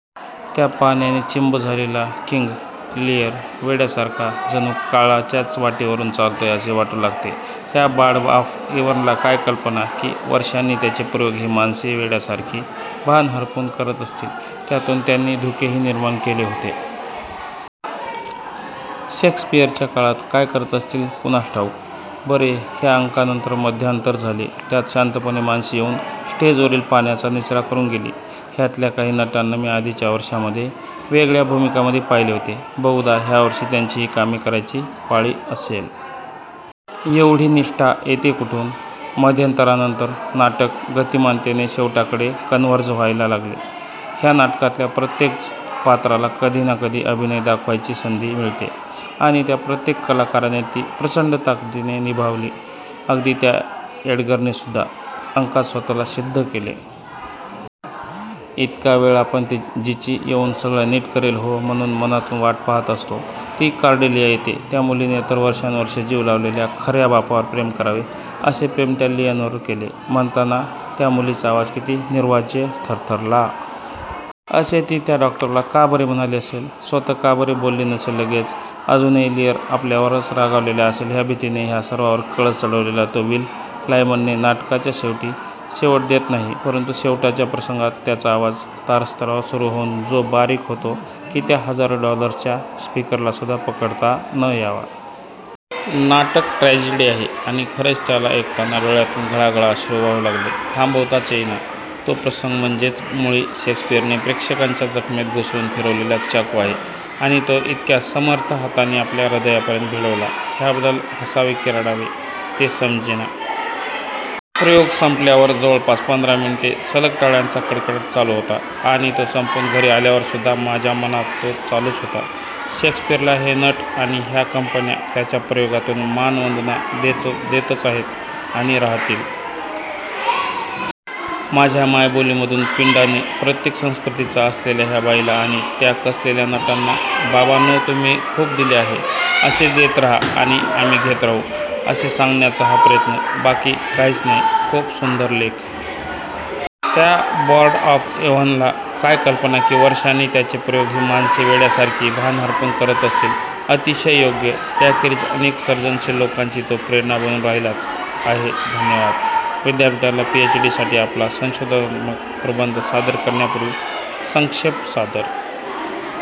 त्या पाण्याने चिंब झालेला किंग लीअर वेड्यासारखा जणू काळाच्याच वाटेवरून चालतोय असे वाटू लागले. त्या बार्ड ऑफ एव्हनला काय कल्पना, की वर्षांनी त्याचे प्रयोग ही माणसे वेड्यासारखी भान हरपून करत असतील! त्यातून त्यांनी धुकेही निर्माण केले होते. शेक्सपीअरच्या काळात काय करत असतील कुणास ठाऊक?! बरे, ह्या अंकानंतर मध्यांतर झाले, त्यात शांतपणे माणसे येऊन स्टेजवरील पाण्याचा निचरा करून गेली. ह्यातल्या काही नटांना मी आधीच्या वर्षांमध्ये वेगळ्या भूमिकांमध्ये पाहिले होते. बहुधा ह्या वर्षी त्यांची ही कामे करायची पाळी असेल. एवढी निष्ठा येते कुठून? मध्यंतरानंतर नाटक गतिमानतेने शेवटाकडे 'कन्व्हर्ज' व्हायला लागते. ह्या नाटकातल्या प्रत्येकच पात्राला कधीनाकधी अभिनय 'दाखवायची' संधी मिळते, आणि त्या प्रत्येक कलाकाराने ती प्रचंड ताकदीने निभावली. अगदी त्या एडगरनेसुद्धा चौथ्या अंकात स्वतःला सिद्ध केले. इतका वेळ आपण जिची 'येऊन सगळं नीट करेल हो' म्हणून मनातून वाट पाहत असतो, ती कॉर्डेलिया येते. त्या मुलीने तर वर्षानुवर्षे जीव लावलेल्या खर्या बापावर प्रेम करावे, तसे प्रेम त्या लीअरवर केले. म्हणताना त्या मुलीचा आवाज किती निर्व्याज थरथरला! " असे ती त्या डॉक्टरला का बरे म्हणाली असेल? स्वतः का बरे बोलली नसेल लगेच? अजूनही लीअर आपल्यावर रागावलेलाच असेल तर ह्या भीतीने? ह्या सर्वांवर कळस चढवला तो विल लायमनने नाटकाच्या शेवटी. शेवट देत नाही, परंतु शेवटाच्या प्रसंगात त्याचा आवाज तारस्वरात सुरू होऊन जो बारीक होतो, की त्या हजारो डॉलर्सच्या स्पीकरलासुद्धा पकडता न यावा! नाटक ट्रॅजेडी आहे, आणि खरेच त्याला ऐकताना डोळ्यातून घळाघळा अश्रू वाहू लागले. थांबवताच येईना. तो प्रसंग म्हणजेच मुळी शेक्सपीअरने प्रेक्षकाच्या जखमेत घुसवून फिरवलेला चाकू आहे, आणि तो इतक्या समर्थ हातांनी आपल्या हृदयापर्यंत भिडवला, ह्याबद्दल हसावे की रडावे ते समजेना. प्रयोग संपल्यावर जवळपास पंधरा मिनीटे सलग टाळ्यांचा कडकडाट चालू होता, आणि तो संपून घरी आल्यावरसुद्धा माझ्या मनात तो चालूच होता. शेक्सपीअरला हे नट आणि ह्या कंपन्या त्यांच्या प्रयोगातून मानवंदना देतच आहेत आणि राहतील. माझ्या मायबोलीमधून पिंडाने प्रत्येक संस्कृतीचा असलेल्या ह्या बार्डला आणि त्या कसलेल्या नटांना "बाबांनो, तुम्ही खूप दिले आहे. असेच देत राहा आणि आम्ही घेत राहू" असे सांगण्याचा हा प्रयत्न. बाकी काहीच नाही. खूप सुंदर लेख!!! त्या बार्ड ऑफ एव्हनला काय कल्पना, की वर्षांनी त्याचे प्रयोग ही माणसे वेड्यासारखी भान हरपून करत असतील! अतिशय योग्य!!! त्याखेरीज अनेक सर्जनशील लोकांची तो प्रेरणा बनून राहिलाच आहेधन्यवाद! विद्यापीठाला पीएच. साठी आपला संशोधनात्मक प्रबंध सादर करण्यापूर्वी संक्षेप सादर